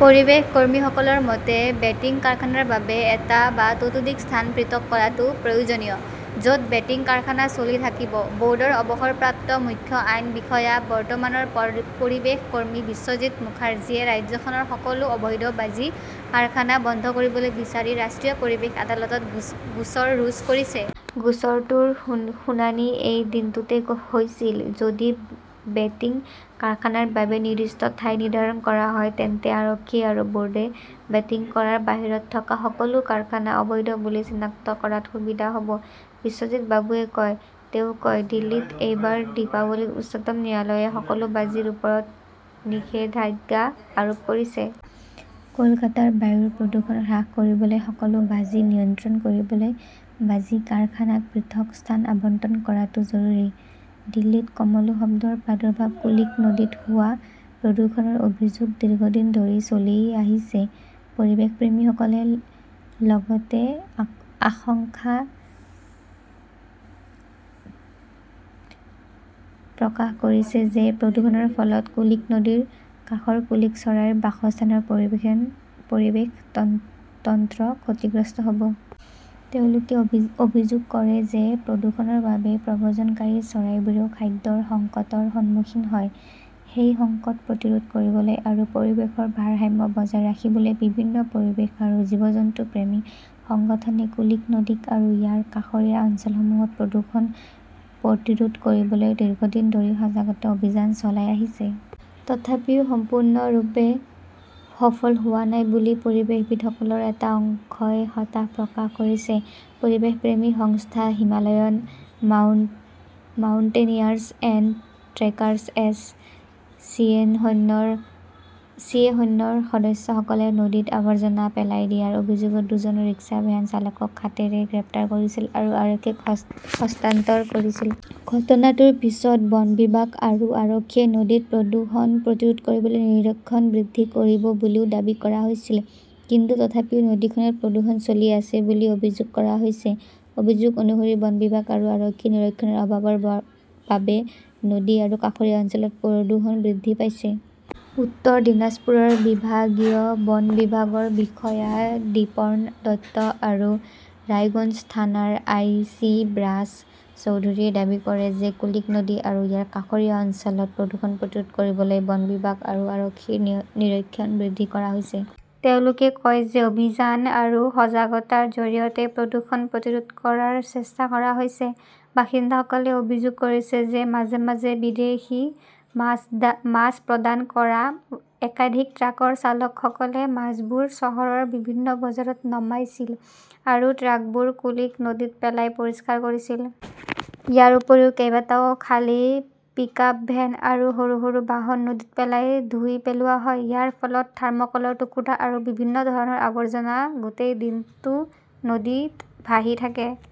পৰিৱেশ কৰ্মীসকলৰ মতে, বেটিং কাৰখানাৰ বাবে এটা বা ততোধিক স্থান পৃথক কৰাটো প্ৰয়োজনীয়। য 'ত বেটিং কাৰখানা চলি থাকিব। বৰ্ডৰ অৱসৰপ্ৰাপ্ত মুখ্য আইন বিষয়া, বৰ্তমানৰ পৰ পৰিৱেশ কৰ্মী বিশ্বজিত মুখাৰ্জীয়ে ৰাজ্যখনৰ সকলো অবৈধ বাজি কাৰখানা বন্ধ কৰিবলৈ বিচাৰি ৰাষ্ট্ৰীয় পৰিৱেশ আদালতত গোচ গোচৰ ৰুজু কৰিছে। গোচৰটোৰ শুন শুনানি এই দিনটোতে হৈছিল। যদি বেটিং কাৰখানাৰ বাবে নিৰ্দিষ্ট ঠাই নিৰ্ধাৰণ কৰা হয়, তেন্তে আৰক্ষী আৰু বোৰ্ডে বেটিং কৰাৰ বাহিৰত থকা সকলো কাৰখানা অবৈধ বুলি চিনাক্ত কৰাত সুবিধা হ'ব, বিশ্বজিত বাবুৱে কয়, তেওঁ কয়, দিল্লীত এইবাৰ দীপাৱলীত উচ্চতম ন্যায়ালয়ে সকলো বাজিৰ ওপৰত নিষেধাজ্ঞা আৰোপ কৰিছে। কলকাতাৰ বায়ুৰ প্ৰদূষণ হ্ৰাস কৰিবলৈ সকলো বাজি নিয়ন্ত্ৰণ কৰিবলৈ বাজি কাৰখানাক পৃথক স্থান আবণ্টন কৰাটো জৰুৰী। দিল্লীত কমলো শব্দৰ প্ৰাদুৰ্ভাৱ কুলিক নদীত হোৱা প্ৰদূষণৰ অভিযোগ দীৰ্ঘদিন ধৰি চলি আহিছে। পৰিৱেশপ্ৰেমীসকলে লগতে আ আশংকা প্ৰকাশ কৰিছে যে প্ৰদূষণৰ ফলত কুলিক নদীৰ কাষৰ কুলিক চৰাইৰ বাসস্থানৰ পৰিৱেশে পৰিৱেশ তন্ত্ৰ ক্ষতিগ্ৰস্ত হব। তেওঁলোকে অভিযোগ কৰে যে প্ৰদূষণৰ বাবে প্ৰব্ৰজনকাৰী চৰাইবোৰেও খাদ্যৰ সংকটৰ সন্মুখীন হয়। সেই সংকট প্ৰতিৰোধ কৰিবলৈ আৰু পৰিৱেশৰ ভাৰসাম্য বজাই ৰাখিবলৈ, বিভিন্ন পৰিৱেশ আৰু জীৱ-জন্তু প্ৰেমী সংগঠনে কুলিক নদী আৰু ইয়াৰ কাষৰীয়া অঞ্চলসমূহত প্ৰদূষণ প্ৰতিৰোধ কৰিবলৈ দীৰ্ঘদিন ধৰি সজাগতা অভিযান চলাই আহিছে। তথাপিও সম্পূৰ্ণৰূপে সফল হোৱা নাই বুলি পৰিৱেশবিদসকলৰ এটা অংশই হতাশা প্ৰকাশ কৰিছে। পৰিৱেশপ্ৰেমী সংস্থা হিমালয়ান মাউণ্টেনিয়াৰ্ছ এণ্ড ট্ৰেকাৰ্ছ এছ চিয়েশ্যনৰ সদস্যসকলে নদীত আৱৰ্জনা পেলাই দিয়াৰ অভিযোগত দুজন ৰিক্সাভ্যান চালকক হাতেৰে গ্ৰেপ্তাৰ কৰিছিল আৰু আৰক্ষীক হস্তান্তৰ কৰিছিল। ঘটনাটোৰ পিছত বন বিভাগ আৰু আৰক্ষীয়ে নদীত প্ৰদূষণ প্ৰতিৰোধ কৰিবলৈ নিৰীক্ষণ বৃদ্ধি কৰিব বুলিও দাবী কৰা হৈছিল। কিন্তু তথাপিও নদীখনত প্ৰদূষণ চলি আছে বুলি অভিযোগ কৰা হৈছে। অভিযোগ অনুসৰি বন বিভাগ আৰু আৰক্ষীৰ নিৰীক্ষণৰ অভাৱৰ বাবে নদী আৰু কাষৰীয়া অঞ্চলত প্ৰদূষণ বৃদ্ধি পাইছে। উত্তৰ দিনাজপুৰৰ বিভাগীয় বন বিভাগৰ বিষয়া দ্বিপৰ্ণ দত্ত আৰু ৰায়গঞ্জ থানাৰ আই. চি. ব্ৰাছ চৌধুৰীয়ে দাবী কৰে যে কুলিক নদী আৰু ইয়াৰ কাষৰীয়া অঞ্চলত প্ৰদূষণ প্ৰতিৰোধ কৰিবলৈ বন বিভাগ আৰু আৰক্ষীৰ নিৰীক্ষণ বৃদ্ধি কৰা হৈছে। তেওঁলোকে কয় যে অভিযান আৰু সজাগতাৰ জৰিয়তে প্ৰদূষণ প্ৰতিৰোধ কৰাৰ চেষ্টা কৰা হৈছে। বাসিন্দাসকলে অভিযোগ কৰিছে যে মাজে-মাজে বিদেশী মাছ দান মাছ প্ৰদান কৰা একাধিক ট্ৰাকৰ চালকসকলে মাছবোৰ চহৰৰ বিভিন্ন বজাৰত নামাইছিল আৰু ট্ৰাকবোৰ কুলিক নদীত পেলাই পৰিষ্কাৰ কৰিছিল। ইয়াৰ উপৰিও, কেইবাটাও খালী পিকআপ ভেন আৰু সৰু-সৰু বাহন নদীত পেলাই ধুই পেলোৱা হয়। ইয়াৰ ফলত থাৰ্মকলৰ টুকুৰা আৰু বিভিন্ন ধৰণৰ আৱৰ্জনা গোটেই দিনটো নদীত ভাহি থাকে।